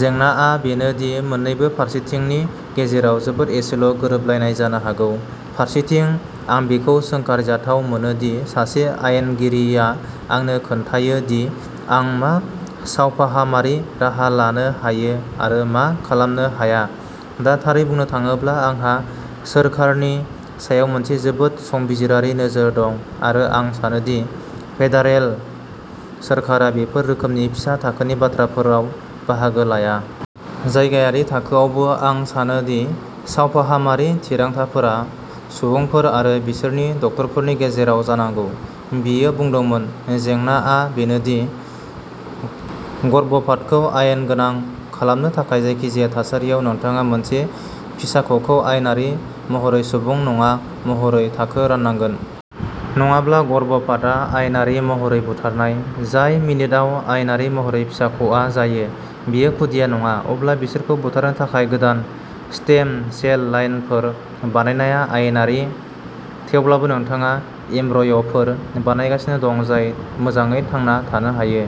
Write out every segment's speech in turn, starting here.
जेंनाआ बेनो दि मोन्नैबो फारसेथिंनि गेजेराव जोबोद एसेल' गोरोबलायनाय जानो हागौ। फारसेथिं, आं बेखौ सोंखारिजाथाव मोनो दि सासे आयेनगिरिआ आंनो खोन्थायो दि आं मा सावफाहामारि राहा लानो हायो आरो मा खालामनो हाया। दा, थारै बुंनो थाङोब्ला, आंहा सोरखारनि सायाव मोनसे जोबोद संबिजिरारि नोजोर दं, आरो आं सानो दि फेडारेल सोरखारा बेफोर रोखोमनि फिसा थाखोनि बाथ्राफोराव बाहागो लाया। जायगायारि थाखोआवबो, आं सानो दि सावफाहामारि थिरांथाफोरा सुबुंफोर आरो बिसोरनि डक्टरफोरनि गेजेराव जानांगौ। बियो बुंदोंमोन, जेंनाआ बेनो दि गर्भपातखौ आयेन गोनां खालामनो थाखाय, जायखिजाया थासारियाव, नोंथाङा मोनसे फिसाख'खौ आयेनारि महरै सुबुं नङा महरै थाखो राननांगोन। नङाब्ला, गर्भपातआ आयेनारि महरै बुथारनाय। जाय मिनिटआव आयेनारि महरै फिसाख'आ जायो। बियो खुदिया नङा, अब्ला बिसोरखौ बुथारनो थाखाय गोदान स्टेम सेल लाइनफोर बानायनाया आयेनारि, थेवब्लाबो नोंथाङा एम्ब्रय'फोर बानायगासिनो दं जाय मोजाङै थांना थानो हायो।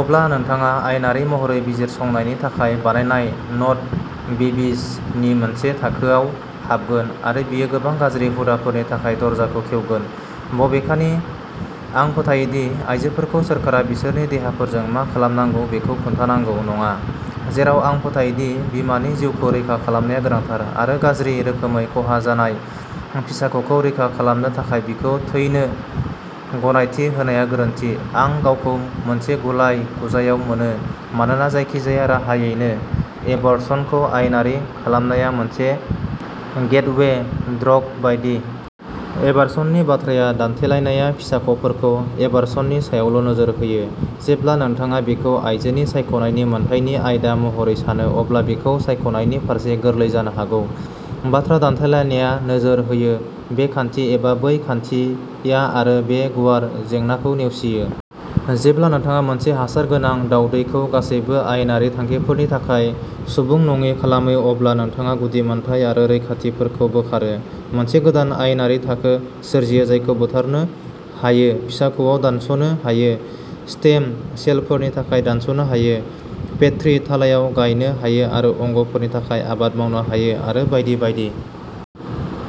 अब्ला नोंथाङा आयेनारि महरै बिजिरसंनायनि थाखाय बानायनाय न'ट-बेबीज नि मोनसे थाखोआव हाबगोन, आरो बेयो गोबां गाज्रि हुदाफोरनि थाखाय दरजाखौ खेवगोन। बबेखानि आं फोथायो दि आयजोफोरखौ सोरखारा बिसोरनि देहाफोरजों मा खालामनांगौ बेखौ खोन्थानांगौ नङा, जेराव आं फोथायो दि बिमानि जिउखौ रैखा खालामनाया गोनांथार, आरो गाज्रि रोखोमै खहा जानाय फिसाख'खौ रैखा खालामनो थाखाय बिखौ थैनो गनायथि होनाया गोरोन्थि आं गावखौ मोनसे गुलाय-गुजायाव मोनो, मानोना जायखिजाया राहायैनो एबार्सनखौ आयेनारि खालामनाया मोनसे गेटवे ड्रग बायदि। एबार्सननि बाथ्रा दान्थेलायनाया फिसाख'फोरखौ एबार्सननि सायावल' नोजोर होयो। जेब्ला नोंथाङा बेखौ आयजोनि सायख'नायनि मोन्थाइ नि आयदा महरै सानो, अब्ला बेखौ सायख'नायनि फारसे गोरलै जानो हागौ। बाथ्रा दान्थेलायनाया नोजोर होयो बे खान्थि एबा बै खान्थिया आरो बे गुवार जेंनाखौ नेवसियो। जेब्ला नोंथाङा मोनसे हासार गोनां दावदैखौ गासैबो आयेनारि थांखिफोरनि थाखाय सुबुं नङि खालामो, अब्ला नोंथाङा गुदि मोनथाय आरो रैखाथिफोरखौ बोखारो, मोनसे गोदान आयेनारि थाखो सोरजियो जायखौ बुथारनो हायो, फिसाख'आव दानस'नो हायो, स्टेम सेलफोरनि थाखाय दानस'नो हायो, पेट्रि थालायाव गायनो हायो आरो अंग'फोरनि थाखाय आबाद मावनो हायो, आरो बायदि बायदि।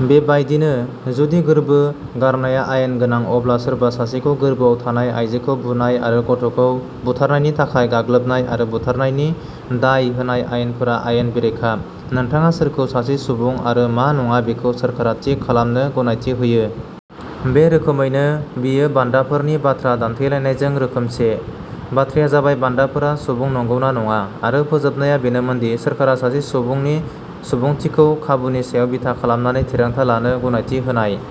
बेबायदिनो, जुदि गोर्बो गारनाया आयेन गोनां, अब्ला सोरबा सासेखौ गोर्बोआव थानाय आयजोखौ बुनाय आरो गथ'खौ बुथारनायनि थाखाय गाग्लोबनाय आरो बुथारनायनि दाय होनाय आयेनफोरा आयेन बेरेखा। नोंथाङा सोरखौ सासे सुबुं आरो मा नङा बेखौ सोरखारा थि खालामनो गनायथि होयो। बे रोखोमैनो, बियो बान्दाफोरनि बाथ्रा दानथेलायनायजों रोखोमसे। बाथ्राया जाबाय बान्दाफोरा सुबुं नंगौ ना नङा, आरो फोजोबनाया बेनोमोन दि सोरखारा सासे सुबुंनि सुबुंथिखौ खाबुनि सायाव बिथा खालामनानै थिरांथा लानो गनायथि होनाय।